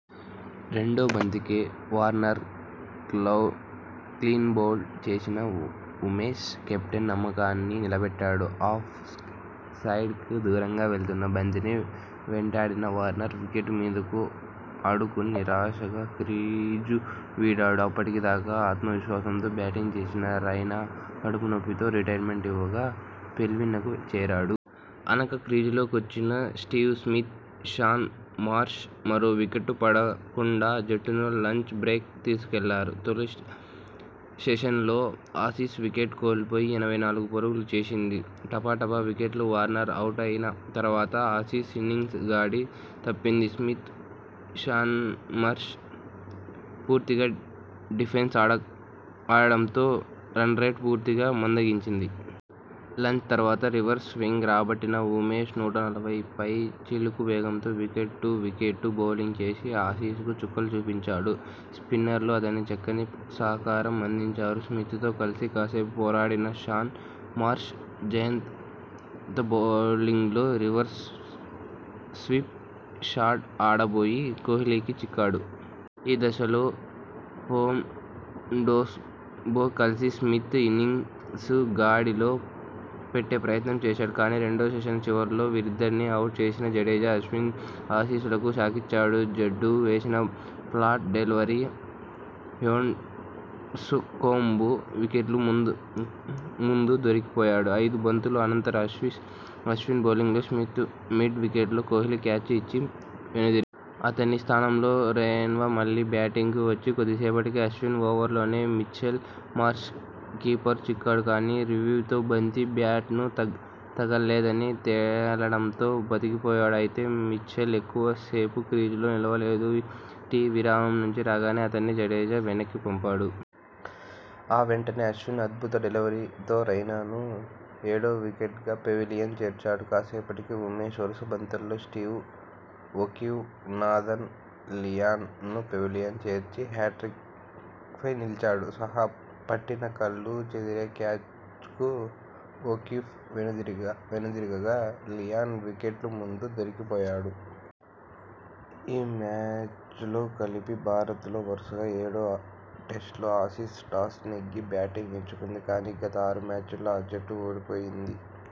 రెండో బంతికే వార్నర్ను క్లీన్బౌల్డ్ చేసిన ఉమేష్ కెప్టెన్ నమ్మకాన్ని నిలబెట్టాడు. ఆఫ్ సైడ్కు దూరంగా వెళ్తున్న బంతిని వెంటాడిన వార్నర్ వికెట్ల మీదకు ఆడుకుని నిరాశగా క్రీజు వీడాడు. అప్పటి దాకా ఆత్మవిశ్వాసంతో బ్యాటింగ్ చేసిన రైనా కడుపు నొప్పితో రిటైర్డ్ ఇవ్వగా పెవిలియన్కు చేరాడు. ఆనక క్రీజులో కొచ్చిన స్టీవ్ స్మిత్, షాన్ మార్ష్ మరో వికెట్ పడకుండా జట్టును లంచ్ బ్రేక్కు తీసుకెళ్లారు. తొలి సెషన్లో ఆసీస్ వికెట్ కోల్పోయి ఎనభై నాలుగు పరుగులు చేసింది. టపటపా వికెట్లు వార్నర్ అవుటైన తర్వాత ఆసీస్ ఇన్నింగ్స్ గాడి తప్పింది. స్మిత్, షాన్మార్ష్ పూర్తిగా డిఫెన్స్ ఆడడంతో రన్రేట్ పూర్తిగా మందగించింది. లంచ్ తర్వాత రివర్స్ స్వింగ్ రాబట్టిన ఉమేష్ నూట నలభై పైచిలుకు వేగంతో వికెట్ టు వికెట్ బౌలింగ్ చేసి ఆసీసుకు చుక్కలు చూపించాడు. స్పిన్నర్లు అతనికి చక్కని సహకారం అందించారు. స్మితతో కలిసి కాసేపు పోరాడిన షాన్ మార్ష్ జయంత బౌలింగ్లో రివర్స్ స్వీప్ షాట్ ఆడబోయి కోహ్లీకి చిక్కాడు. ఈ దశలో హ్యాండ్స్కోంబ్తో కలిసి స్మిత ఇన్నింగ్స్ను గాడిలో పెట్టే ప్రయత్నం చేశాడు. కానీ, రెండో సెషన్ చివర్లో వీరిద్దరినీ అవుట్ చేసిన జడేజా, అశ్విన్ ఆసీసుకు షాకిచ్చారు. జడ్డూ వేసిన ఫ్లాట్ డెలివరీకి హ్యాండ్స్కోంబ్ వికెట్ల ముందు దొరికిపోయాడు. ఐదు బంతుల అనంతరం అశ్విన్ బౌలింగ్లో స్మిత మిడ్ వికెట్లో కోహ్లీకి క్యాచ్ ఇచ్చి వెనుదిరిగాడు. అతని స్థానంలో రెన్షా మళ్లీ బ్యాటింగ్కు వచ్చాడు. కొద్దిసేపటికి అశ్విన్ ఓవర్లోనే మిచెల్ మార్ష్ కీపర్కు చిక్కాడు. కానీ, రివ్యూలో బంతి బ్యాట్కు తగల్లేదని తేలడంతో బతికిపోయాడు. అయితే, మిచెల్ ఎక్కువ సేపు క్రీజులో నిలువలేదు. టి విరామం నుంచి రాగానే అతణ్ణి జడేజా వెనక్కిపంపాడు. ఆ వెంటనే అశ్విన్ అద్భుత డెలివరీతో రైనా ను ఏడో వికెట్గా పెవిలియన్ చేర్చాడు. కాసేపటికే, ఉమేష్ వరుస బంతుల్లో స్టీవ్ ఒకీఫ్, నాథన్ లియాన్ ను పెవిలియన్ చేర్చి హ్యాట్రిక్పై నిలిచాడు. సాహా పట్టిన కళ్లు చెదిరే క్యాచ్కు ఒకీఫ్ వెనుదిరగగా, లియాన్ వికెట్ల ముందు దొరికిపోయాడు. ఈ మ్యాచ్తో కలిపి భారత్ లో వరుసగా ఏడో టెస్టులో ఆసీస్ టాస్ నెగ్గి బ్యాటింగ్ ఎంచుకుంది. కానీ, గత ఆరు మ్యాచ్ల్లో ఆ జట్టు ఓడిపోయింది.